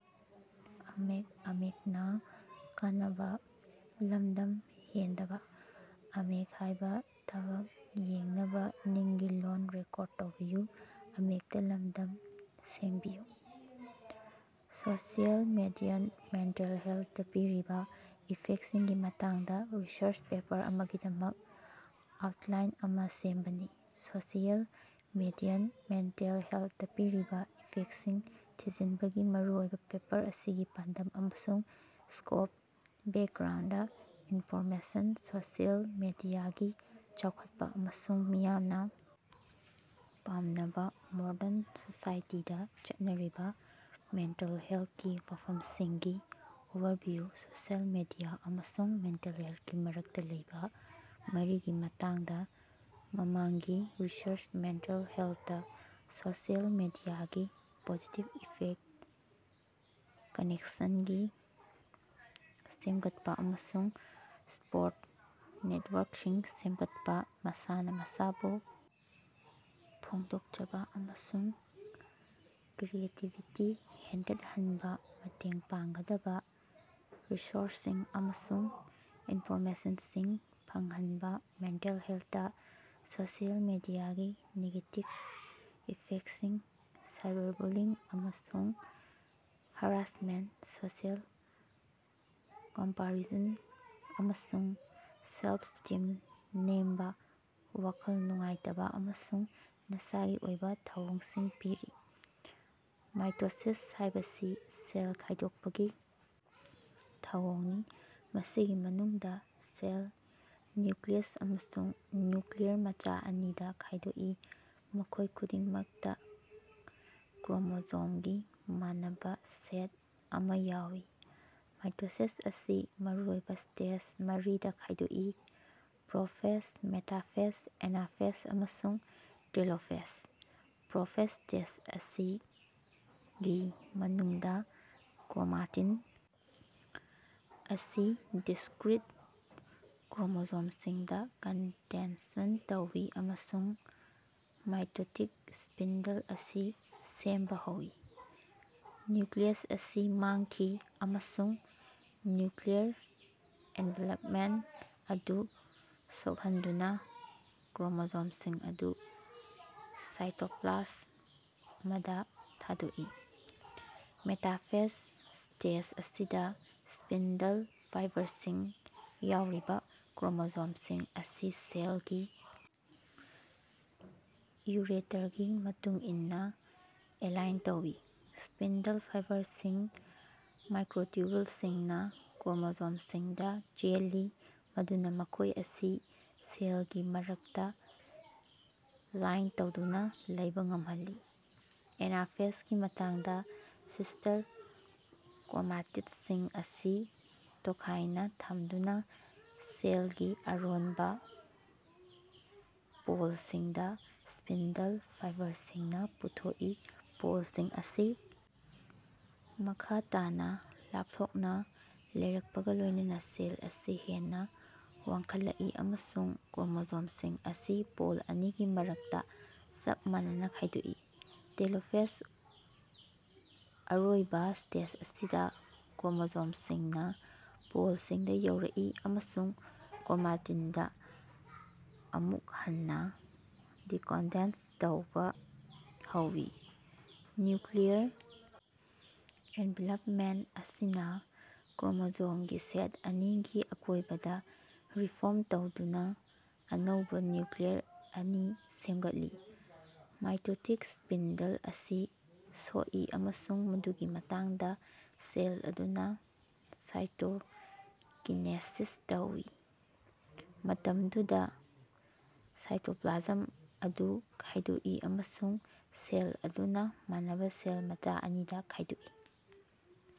Social ꯃꯤꯗꯤꯌꯥꯟ mental ꯍꯦꯜꯇꯥ ꯄꯤꯔꯤꯕꯥ ꯏꯐꯦꯛꯁꯤꯡꯒꯤ ꯃꯇꯥꯡꯗꯥ ꯔꯤꯁꯔꯆ ꯄꯦꯄꯔ ꯑꯃꯒꯤꯗꯃꯛ ꯑꯥꯎꯠꯂꯥꯏꯟ ꯑꯃꯥ ꯁꯦꯝꯕꯥꯅꯤ꯫ ꯁꯣꯁꯤꯑꯦꯜ ꯃꯤꯗꯤꯌꯥꯅ ꯃꯦꯟꯇꯦꯜ ꯍꯦꯜꯇꯥ ꯄꯤꯔꯤꯕꯥ ꯏꯐꯦꯛꯁꯤꯡ ꯊꯤꯖꯤꯟꯕꯒꯤ ꯃꯔꯨꯑꯣꯏꯕꯥ ꯄꯦꯄꯔ ꯑꯁꯤꯒꯤ ꯄꯥꯟꯗꯝ ꯑꯃꯁꯨꯡ ꯁ꯭ꯀꯣꯞ, ꯕꯦꯛꯒ꯭ꯔꯥꯎꯟꯗ ꯏꯟꯐꯣꯔꯃꯦꯁꯟ, ꯁꯣꯁꯤꯑꯦꯜ ꯃꯤꯗꯤꯌꯥꯒꯤ ꯆꯥꯎꯈꯠꯄꯥ ꯑꯃꯁꯨꯡ ꯃꯤꯌꯥꯝꯅꯥ ꯄꯥꯝꯅꯕꯥ ꯃꯣꯔꯗꯟ ꯁꯣꯁꯥꯏꯇꯤꯗꯥ ꯆꯠꯅꯔꯤꯕꯥ ꯃꯦꯟꯇꯦꯜ ꯍꯦꯜꯀꯤ ꯋꯥꯐꯝꯁꯤꯡꯒꯤ ꯑꯣꯚꯔꯚꯤꯌꯨ ꯁꯣꯁꯤꯑꯦꯜ ꯃꯤꯗꯤꯌꯥ ꯑꯃꯁꯨꯡ ꯃꯦꯟꯇꯦꯜ ꯍꯦꯜꯀꯤ ꯃꯔꯛꯇꯥ ꯂꯩꯕꯥ ꯃꯔꯤꯒꯤ ꯃꯇꯥꯡꯗꯥ ꯃꯃꯥꯡꯒꯤ ꯔꯤꯁꯔꯆ ꯃꯦꯟꯇꯦꯜ ꯍꯦꯜꯇꯥ ꯁꯣꯁꯤꯑꯦꯜ ꯃꯤꯗꯤꯌꯥꯒꯤ ꯄꯣꯖꯤꯇꯤꯕ ꯏꯐꯦꯛꯁꯤꯡ, ꯀꯅꯦꯛꯁꯟꯁꯤꯡ ꯁꯦꯝꯒꯠꯄꯥ ꯑꯃꯁꯨꯡ ꯁꯄꯣꯔꯠ ꯅꯦꯠꯋꯥꯔꯛꯁꯤꯡ ꯁꯦꯝꯒꯠꯄꯥ, ꯃꯁꯥꯅꯥ ꯃꯁꯥꯕꯨ ꯐꯣꯡꯗꯣꯛꯆꯕꯥ ꯑꯃꯁꯨꯡ ꯀ꯭ꯔꯤꯌꯦꯇꯤꯕꯤꯇꯤ ꯍꯦꯟꯒꯠꯍꯟꯕꯥ ꯃꯇꯦꯡ ꯄꯥꯡꯒꯗꯕꯥ ꯔꯤꯁꯣꯔꯁꯁꯤꯡ ꯑꯃꯁꯨꯡ ꯏꯟꯐꯣꯔꯃꯦꯁꯟꯁꯤꯡ ꯐꯪꯍꯟꯕꯥ ꯃꯦꯟꯇꯦꯜ ꯍꯦꯜꯇꯥ ꯁꯣꯁꯤꯑꯦꯜ ꯃꯤꯗꯤꯌꯥꯒꯤ ꯅꯦꯒꯦꯇꯤꯚ ꯏꯐꯦꯛꯁꯤꯡ ꯁꯥꯏꯕꯔꯕꯨꯂꯤꯡ ꯑꯃꯁꯨꯡ ꯍꯔꯥꯁꯃꯦꯟꯇ, ꯁꯣꯁꯤꯑꯦꯜ ꯀꯝꯄꯥꯔꯤꯁꯟ ꯑꯃꯁꯨꯡ ꯁꯦꯜꯐ-ꯁ꯭ꯇꯤꯝ ꯅꯦꯝꯕꯥ, ꯋꯥꯈꯜ ꯅꯨꯡꯉꯥꯏꯇꯕꯥ ꯑꯃꯁꯨꯡ ꯅꯁꯥꯒꯤ ꯑꯣꯏꯕꯥ ꯊꯧꯑꯣꯡꯁꯤꯡ ꯄꯤꯔꯤ꯫ ꯃꯥꯏꯇꯣꯁꯤꯁ ꯍꯥꯏꯕꯁꯤ ꯁꯦꯜ ꯈꯥꯏꯗꯣꯛꯄꯒꯤ ꯊꯧꯑꯣꯡꯅꯤ, ꯃꯁꯤꯒꯤ ꯃꯅꯨꯡꯗꯥ ꯁꯦꯜ ꯅ꯭ꯌꯨꯀ꯭ꯂꯤꯌꯁ ꯑꯃꯁꯨꯡ ꯅ꯭ꯌꯨꯀ꯭ꯂꯤꯌꯔ ꯃꯆꯥ ꯑꯅꯤꯗꯥ ꯈꯥꯏꯗꯣꯛꯏ, ꯃꯈꯣꯏ ꯈꯨꯗꯤꯡꯃꯛꯇꯥ ꯀ꯭ꯔꯣꯃꯣꯖꯣꯝꯒꯤ ꯃꯥꯟꯅꯕꯥ ꯁꯦꯠ ꯑꯃꯥ ꯌꯥꯎꯏ꯫ ꯃꯥꯏꯇꯣꯁꯤꯁ ꯑꯁꯤ ꯃꯔꯨꯑꯣꯏꯕꯥ ꯁ꯭ꯇꯦꯖ ꯃꯔꯤꯗꯥ ꯈꯥꯏꯗꯣꯛꯏ: ꯄ꯭ꯔꯣꯐꯦꯖ, ꯃꯦꯇꯥꯐꯦꯖ, ꯑꯦꯅꯥꯐꯦꯖ ꯑꯃꯁꯨꯡ ꯇꯦꯂꯣꯐꯦꯖ꯫ ꯄ꯭ꯔꯣꯐꯦꯖ ꯁ꯭ꯇꯦꯖ ꯑꯁꯤꯒꯤ ꯃꯅꯨꯡꯗꯥ ꯀ꯭ꯔꯣꯃꯥꯇꯤꯟ ꯑꯁꯤ ꯗꯤꯁꯀ꯭ꯔꯤꯠ ꯀ꯭ꯔꯣꯃꯣꯖꯣꯝꯁꯤꯡꯗꯥ ꯀꯟꯗꯦꯟꯁꯟ ꯇꯧꯏ ꯑꯃꯁꯨꯡ ꯃꯥꯏꯇꯣꯇꯤꯛ ꯁ꯭ꯄꯤꯟꯗꯜ ꯑꯁꯤ ꯁꯦꯝꯕꯥ ꯍꯧꯏ꯫ ꯅ꯭ꯌꯨꯀ꯭ꯂꯤꯌꯁ ꯑꯁꯤ ꯃꯥꯡꯈꯤ, ꯑꯃꯁꯨꯡ ꯅ꯭ꯌꯨꯀ꯭ꯂꯤꯌꯔ ꯑꯦꯟꯚꯦꯂꯞꯃꯦꯟꯇ ꯑꯗꯨ ꯁꯣꯛꯍꯟꯗꯨꯅꯥ ꯀ꯭ꯔꯣꯃꯣꯖꯣꯝꯁꯤꯡ ꯑꯗꯨ ꯁꯥꯏꯇꯣꯞꯂꯥꯖ ꯑꯃꯗꯥ ꯊꯥꯗꯣꯛꯏ꯫ ꯃꯦꯇꯥꯐꯦꯖ ꯁ꯭ꯇꯦꯖ ꯑꯁꯤꯗꯥ, ꯁ꯭ꯄꯤꯟꯗꯜ ꯐꯤꯕꯔꯁꯤꯡꯗꯥ ꯌꯥꯎꯔꯤꯕꯥ ꯀ꯭ꯔꯣꯃꯣꯖꯣꯝꯁꯤꯡ ꯑꯁꯤ ꯁꯦꯜꯒꯤ ꯏ꯭ꯌꯨꯔꯦꯇꯔꯒꯤ ꯃꯇꯨꯡꯏꯟꯅꯥ ꯑꯦꯂꯥꯏꯟ ꯇꯧꯏ꯫ ꯁ꯭ꯄꯤꯟꯗꯜ ꯐꯥꯏꯕꯔꯁꯤꯡꯒꯤ ꯃꯥꯏꯀ꯭ꯔꯣꯇꯨꯕꯜꯁꯤꯡꯅꯥ ꯀ꯭ꯔꯣꯃꯣꯖꯣꯝꯁꯤꯡꯗꯥ ꯆꯦꯜꯂꯤ, ꯃꯗꯨꯅꯥ ꯃꯈꯣꯏ ꯑꯁꯤ ꯁꯦꯜꯒꯤ ꯃꯔꯛꯇꯥ ꯂꯥꯏꯟ ꯇꯧꯗꯨꯅꯥ ꯂꯩꯕꯥ ꯉꯝꯍꯜꯂꯤ꯫ ꯑꯦꯅꯥꯐꯦꯖꯒꯤ ꯃꯇꯝꯗꯥ, ꯁꯤꯁꯇꯔ ꯀ꯭ꯔꯣꯃꯥꯇꯤꯠꯁꯤꯡ ꯑꯁꯤ ꯇꯣꯈꯥꯏꯅꯥ ꯊꯝꯗꯨꯅꯥ ꯁꯦꯜꯒꯤ ꯑꯔꯣꯟꯕꯥ ꯄꯣꯜꯁꯤꯡꯗꯥ ꯁ꯭ꯄꯤꯟꯗꯜ ꯐꯤꯕꯔꯁꯤꯡꯅꯥ ꯄꯨꯊꯣꯛꯏ꯫ ꯄꯣꯜꯁꯤꯡ ꯑꯁꯤ ꯃꯈꯥ ꯇꯥꯅꯥ ꯂꯥꯞꯊꯣꯛꯅꯥ ꯂꯩꯔꯛꯄꯒꯥ ꯂꯣꯏꯅꯅꯥ ꯁꯦꯜ ꯑꯁꯤ ꯍꯦꯟꯅꯥ ꯋꯥꯡꯈꯠꯂꯛꯏ, ꯑꯃꯁꯨꯡ ꯀ꯭ꯔꯣꯃꯣꯖꯣꯝꯁꯤꯡ ꯑꯁꯤ ꯄꯣꯜ ꯑꯅꯤꯒꯤ ꯃꯔꯛꯇꯥ ꯆꯞ ꯃꯥꯟꯅꯅꯥ ꯈꯥꯏꯗꯣꯛꯏ꯫ ꯇꯦꯂꯣꯐꯦꯖ ꯑꯔꯣꯏꯕꯥ ꯁ꯭ꯇꯦꯖ ꯑꯁꯤꯗꯥ ꯀ꯭ꯔꯣꯃꯣꯖꯣꯝꯁꯤꯡꯅꯥ ꯄꯣꯜꯁꯤꯡꯗꯥ ꯌꯧꯔꯛꯏ ꯑꯃꯁꯨꯡ ꯀ꯭ꯔꯣꯃꯥꯇꯤꯟꯗꯥ ꯑꯃꯨꯛ ꯍꯟꯅꯥ ꯗꯤꯀꯣꯟꯗꯦꯟꯁ ꯇꯧꯕꯥ ꯍꯧꯏ꯫ ꯅ꯭ꯌꯨꯀ꯭ꯂꯤꯌꯔ ꯑꯦꯟꯚꯦꯂꯞꯃꯦꯟꯇ ꯑꯁꯤꯅꯥ ꯀ꯭ꯔꯣꯃꯣꯖꯣꯝꯒꯤ ꯁꯦꯠ ꯑꯅꯤꯒꯤ ꯑꯀꯣꯏꯕꯗꯥ ꯔꯤꯐꯣꯝ ꯇꯧꯗꯨꯅꯥ ꯑꯅꯧꯕꯥ ꯅ꯭ꯌꯨꯀ꯭ꯂꯤꯌꯔ ꯑꯅꯤ ꯁꯦꯝꯒꯠꯂꯤ꯫ ꯃꯥꯏꯇꯣꯇꯤꯛ ꯁ꯭ꯄꯤꯟꯗꯜ ꯑꯁꯤ ꯁꯣꯛꯏ ꯑꯃꯁꯨꯡ ꯃꯗꯨꯒꯤ ꯃꯇꯨꯡꯗꯥ ꯁꯦꯜ ꯑꯗꯨꯅꯥ ꯁꯥꯏꯇꯣꯀꯤꯅꯦꯁꯤꯁ ꯊꯣꯛꯏ, ꯃꯐꯝꯗꯨꯗꯥ ꯁꯥꯏꯇꯣꯄ꯭ꯂꯥꯖꯝ ꯑꯗꯨ ꯈꯥꯏꯗꯣꯛꯏ ꯑꯃꯁꯨꯡ ꯁꯦꯜ ꯑꯗꯨꯅꯥ ꯃꯥꯟꯅꯕꯥ ꯁꯦꯜ ꯃꯆꯥ ꯑꯅꯤꯗꯥ ꯈꯥꯏꯗꯣꯛꯏ꯫